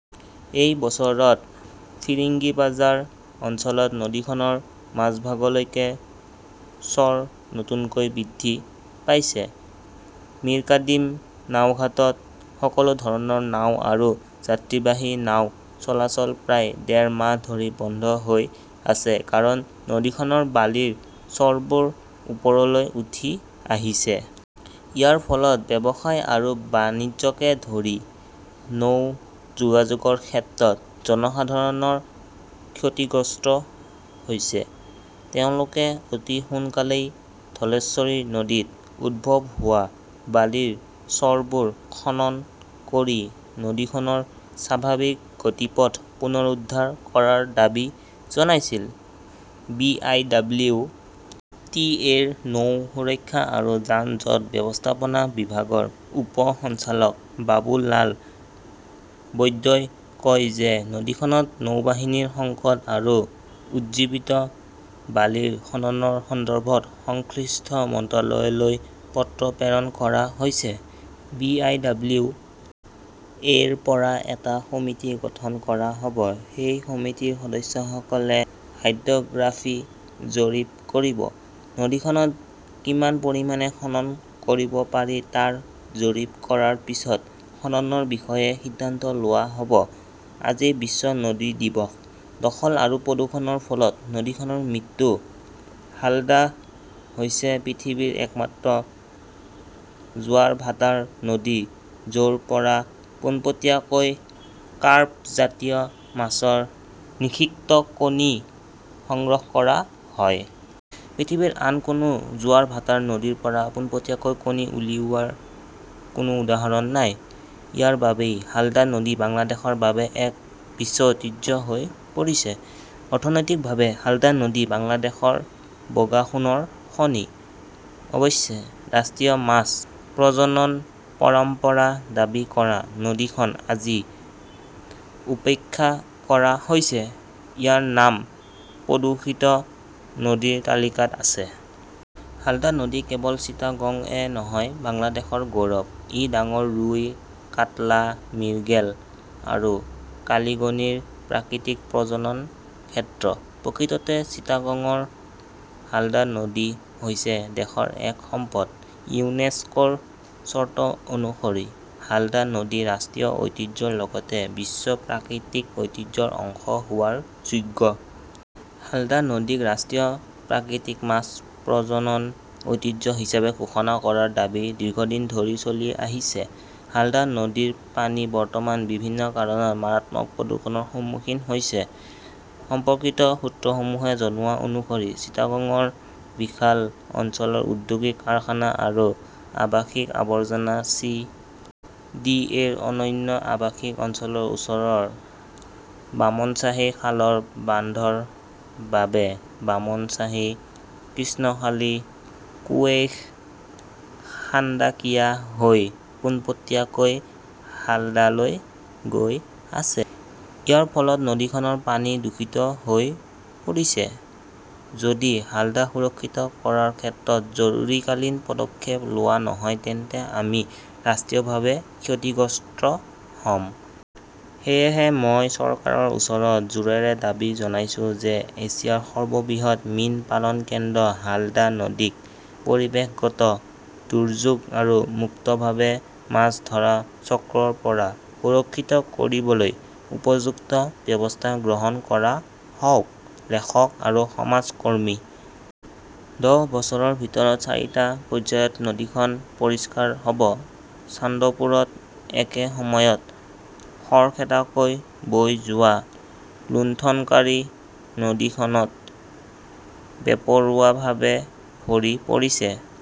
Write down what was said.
এই বছৰত ফিৰিঙ্গিবাজাৰ অঞ্চলত নদীখনৰ মাজভাগলৈকে চৰ নতুনকৈ বৃদ্ধি পাইছে। মিৰকাদিম নাওঘাটত সকলো ধৰণৰ নাও আৰু যাত্ৰীবাহী নাও চলাচল প্ৰায় ডেৰ মাহ ধৰি বন্ধ হৈ আছে কাৰণ নদীখনৰ বালিৰ চৰবোৰ ওপৰলৈ উঠি আহিছে। ইয়াৰ ফলত ব্যৱসায় আৰু বাণিজ্যকে ধৰি নৌ যোগাযোগৰ ক্ষেত্ৰত জনসাধাৰণ ক্ষতিগ্ৰস্ত হৈছে। তেওঁলোকে অতি সোনকালেই ধলেশ্বৰী নদীত উদ্ভৱ হোৱা বালিৰ চৰবোৰ খনন কৰি নদীখনৰ স্বাভাৱিক গতিপথ পুনৰুদ্ধাৰ কৰাৰ দাবী জনাইছিল। B. I. W. T. A. ৰ নৌ সুৰক্ষা আৰু যান-জঁট ব্যৱস্থাপনা বিভাগৰ উপ সঞ্চালক বাবু লাল বৈদ্যই কয় যে নদীখনত নৌবাহিনীৰ সংকট আৰু উজ্জীৱিত বালিৰ খননৰ সন্দৰ্ভত সংশ্লিষ্ট মন্ত্ৰালয়লৈ পত্ৰ প্ৰেৰণ কৰা হৈছে। বি. আই. ডব্লিউ. এ.ৰ পৰা এটা সমিতি গঠন কৰা হ'ব। সেই সমিতিৰ সদস্যসকলে হাইড্ৰ'গ্ৰাফী জৰীপ কৰিব। নদীখনত কিমান পৰিমাণে খনন কৰিব পাৰি তাৰ জৰীপ কৰাৰ পিছত খননৰ বিষয়ে সিদ্ধান্ত লোৱা হ'ব। আজি বিশ্ব নদী দিৱস, দখল আৰু প্ৰদূষণৰ ফলত নদীখনৰ মৃত্যু হালদা হৈছে পৃথিৱীৰ একমাত্ৰ জোৱাৰ ভাটাৰ নদী য'ৰ পৰা পোনপটীয়াকৈ কাৰ্প জাতীয় মাছৰ নিষিক্ত কণী সংগ্ৰহ কৰা হয়। পৃথিৱীৰ আন কোনো জোৱাৰ ভাটাৰ নদীৰ পৰা পোনপটীয়াকৈ কণী উলিওৱাৰ কোনো উদাহৰণ নাই। ইয়াৰ বাবেই হালদা নদী বাংলাদেশৰ বাবে এক বিশ্ব ঐতিহ্য হৈ পৰিছে। অৰ্থনৈতিকভাৱে হালদা নদী বাংলাদেশৰ বগা সোণৰ খনি। অৱশ্যে, ৰাষ্ট্ৰীয় মাছ প্ৰজনন পৰম্পৰা দাবী কৰা নদীখন আজি উপেক্ষা কৰা হৈছে, ইয়াৰ নাম প্ৰদূষিত নদীৰ তালিকাত আছে। হালদা নদী কেৱল চিটাগংয়ে নহয়, বাংলাদেশৰ গৌৰৱ। ই ডাঙৰ ৰুই, কাৎলা, মিৰ্গেল আৰু কালিগনিৰ প্ৰাকৃতিক প্ৰজনন ক্ষেত্ৰ। প্ৰকৃততে চিটাগংৰ হালদা নদী হৈছে দেশৰ এক সম্পদ। ইউনেস্কোৰ চৰ্ত অনুসৰি হালদা নদী ৰাষ্ট্ৰীয় ঐতিহ্যৰ লগতে বিশ্ব প্ৰাকৃতিক ঐতিহ্যৰ অংশ হোৱাৰ যোগ্য। হালদা নদীক ৰাষ্ট্ৰীয় প্ৰাকৃতিক মাছ প্ৰজনন ঐতিহ্য হিচাপে ঘোষণা কৰাৰ দাবী দীৰ্ঘদিন ধৰি চলি আহিছে। হালদা নদীৰ পানী বৰ্তমান বিভিন্ন কাৰণত মাৰাত্মক প্ৰদূষণৰ সন্মুখীন হৈছে। সম্পৰ্কিত সূত্ৰসমূহে জনোৱা অনুসৰি, চিটাগংৰ বিশাল অঞ্চলৰ ঔদ্যোগিক কাৰখানা আৰু আৱাসিক আৱৰ্জনা চি. ডি. এ. ৰ অনন্য আৱাসিক অঞ্চলৰ ওচৰৰ বামনশ্বাহী খালৰ বান্ধৰ বাবে বামনশ্বাহী, কৃষ্ণখালী, কুৱেইশ খাণ্ডাকিয়া হৈ পোনপটীয়াকৈ হালদালৈ গৈ আছে। ইয়াৰ ফলত নদীখনৰ পানী দূষিত হৈ পৰিছে। যদি হালদা সুৰক্ষিত কৰাৰ ক্ষেত্ৰত জৰুৰীকালীন পদক্ষেপ লোৱা নহয় তেন্তে আমি ৰাষ্ট্ৰীয়ভাৱে ক্ষতিগ্ৰস্ত হ'ম। সেয়েহে, মই চৰকাৰৰ ওচৰত জোৰেৰে দাবী জনাইছো যে এছিয়াৰ সৰ্ববৃহৎ মীন পালন কেন্দ্ৰ হালদা নদীক পৰিৱেশগত দুৰ্যোগ আৰু মুক্তভাৱে মাছ ধৰা চক্ৰৰ পৰা সুৰক্ষিত কৰিবলৈ উপযুক্ত ব্যৱস্থা গ্ৰহণ কৰা হওক - লেখক আৰু সমাজ কৰ্মী। দহ বছৰৰ ভিতৰত চাৰিটা পৰ্যায়ত নদীখন পৰিষ্কাৰ হ'ব । চান্দপুৰত একে সময়ত খৰখেদাকৈ বৈ যোৱা লুণ্ঠনকাৰী নদীখনত বেপৰোৱাভাৱে ভৰি পৰিছে।